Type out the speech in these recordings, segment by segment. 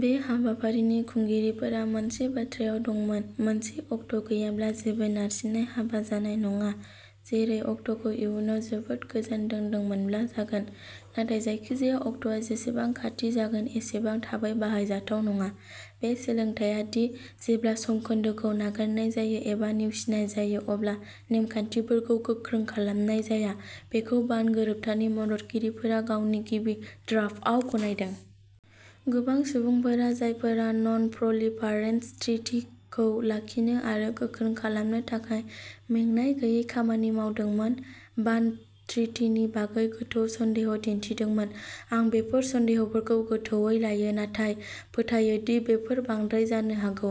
बे हाबाफारिनि खुंगिरिफोरा मोनसे बाथ्रायाव दंमोनः मोनसे अक्ट'गैयाब्ला, जेबो नारसिननाय हाबा जानाय नङा, जेरै अक्ट'खौ इयुनाव जोबोद गोजान दोन्दोंमोनब्ला जागोन। नाथाय जायखिजाया अक्ट'आ जेसेबां खाथि जागोन एसेबां थाबै बाहायजाथाव नङा। बे सोलोंथाया दि जेब्ला समखोन्दोखौ नागारनाय जायो एबा नेवसिनाय जायो अब्ला नेमखान्थिफोरखौ गोख्रों खालामनाय जाया, बेखौ बान गोरोबथानि मददगिरिफोरा गावनि गिबि ड्राफ्टआव गनायदों। गोबां सुबुंफोरा जायफोरा ननप्रलिफारेशन ट्रिटीखौ लाखिनो आरो गोख्रों खालामनो थाखाय मेंनाय गैयै खामानि मावदोंमोन, बान ट्रिटीनि बागै गोथौ सन्देह'दिन्थिदों। आं बेफोर सन्देह'फोरखौ गोथौवै लायो, नाथाय फोथायो दि बेफोर बांद्राय जानो हागौ।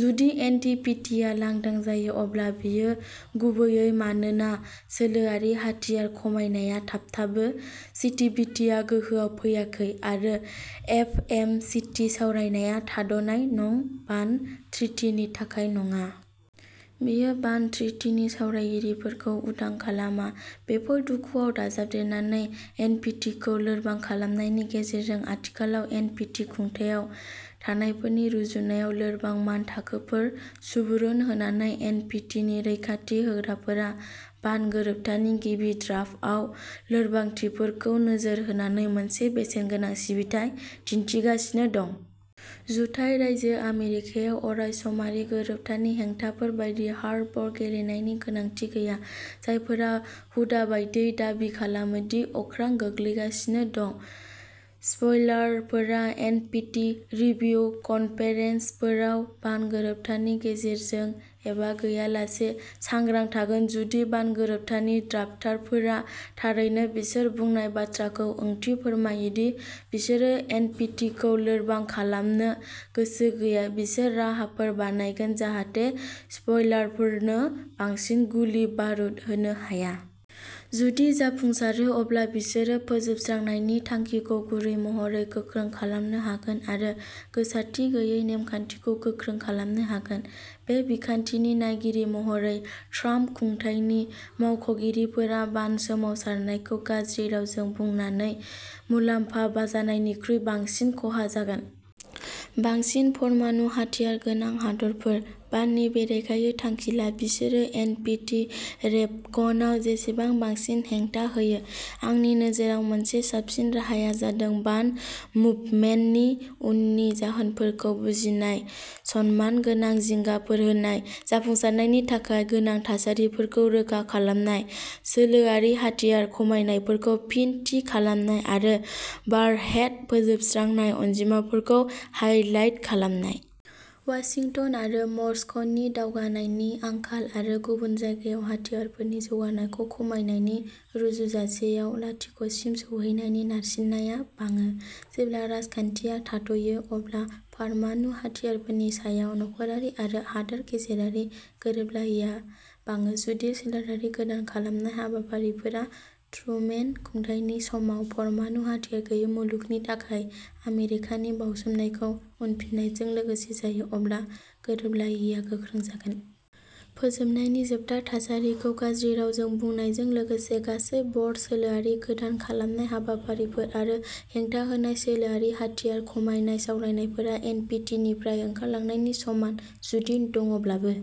जुदि एनपीटीआ लांदां जायो, अब्ला बेयो गुबैयै मानोना सोलोआरि हाथियार खमायनाया थाबथाबो, सीटीबीटीआ गोहोआव फैयाखै, आरो एफएमसीटी सावरायनाया थाद'नाय दं-बान ट्रिटीनि थाखाय नङा। बेयो बान ट्रिटीनि सावरायगिरिफोरखौ उदां खालामा। बेफोर दुखुआव दाजाबदेरनानै एनपिटिखौ लोरबां खालामनायनि गेजेरजों आथिखालाव एनपिटि खुंथायाव थानायफोरनि रुजुनायाव लोरबां मानथाखोफोर सुबुरुन होनानै। एनपिटिनि रैखाथि होग्राफोरा बान गोरोबथानि गिबि ड्राफ्टआव लोरबांथिफोरखौ नोजोर होनानै मोनसे बेसेनगोनां सिबिथाइ दिन्थिगासिनो दं। जुथाइ रायजो आमेरिकायाव अरायसमारि गोरोबथानि हेंथाफोर बायदि हार्डबल गेलेनायनि गोनांथि गैया, जायफोरा हुदा बायदियै दाबि खालामो दि अख्रां गोग्लैगासिनो दं। स्पइलारफोरा एनपिटि रिभिउ कन्फेरेन्सफोराव बान गोरोबथानि गेजेरजों एबा गैयालासे सांग्रां थागोन। जुदि बान गोरोबथानि ड्राफ्टारफोरा थारैनो बिसोर बुंनाय बाथ्राखौ ओंथि फोरमायो-दि बिसोरो एनपिटिखौ लोरबां खालामनो गोसो गैया-बिसोर राहाफोर बानायगोन जाहाथे स्पइलारफोरनो बांसिन गुलि-बारुद होनो हाया। जुदि जाफुंसारो, अब्ला बिसोरो फोजोबस्रांनायनि थांखिखौ गुरै महरै गोख्रों खालामनो हागोन आरो गोसारथि गैयै नेमखान्थिखौ गोख्रों खालामनो हागोन। बे बिखान्थिनि नायगिरि महरै, ट्राम्प खुंथायनि मावख'गिरिफोरा बान सोमावसारनायखौ गाज्रि रावजों बुंनानै मुलाम्फा जानायनिख्रुइ बांसिन खहा जागोन। बांसिन परमाणु-हाथियार गोनां हादोरफोर। बाननि बेरेखायै थांखि ला, बिसोरो एन. पि. टि. रेभकनआव जेसेबां बांसिन हेंथा होयो। आंनि नोजोराव, मोनसे साबसिन राहाआ जादों बान मुभमेन्टनि उननि जाहोनफोरखौ बुजिनाय, सनमानगोनां जिंगाफोर होनाय, जाफुंसारनायनि थाखाय गोनां थासारिफोरखौ रोखा खालामनाय, सोलोआरि-हाथियार खमायनायफोरखौ फिन थि खालामनाय, आरो वारहेड फोजोबस्रांनाय अनजिमाफोरखौ हाइलाइट खालामनाय। वाशिंटन आरो मस्क'नि दावगानायनि आंखाल आरो गुबुन जायगायाव हाथियारफोरनि जौगानायखौ खमायनायनि रुजुजासेआव लाथिख'सिम सौहैनायनि नारसिननाया बाङो। जेब्ला राजखानथिआ थाथ'यो, अब्ला परमाणु हाथियारफोरनि सायाव नखरारि आरो हादोर गेजेरारि गोरोबलायैया बाङो। जुदि सोलोआरि गोदान खालामनाय हाबाफारिफोरा ट्रुमेन खुंथायनि समाव परमाणु हाथियार गैयै मुलुगनि थाखाय आमेरिकानि बाउसोमनायखौ उनफिननायजों लोगोसे जायो, अब्ला गोरोबलायैया गोख्रों जागोन। फोजोबनायनि जोबथा थासारिखौ गाज्रि रावजों बुंनायजों लोगोसे गासै-बर्ड सोलोआरि गोदान खालामनाय हाबाफारिफोर आरो हेंथाहोनाय सोलोआरि हाथियार खमायनाय सावरायनायफोरा एन. पि. टि. निफ्राय ओंखारलांनायनि समान-जुदि दङब्लाबो।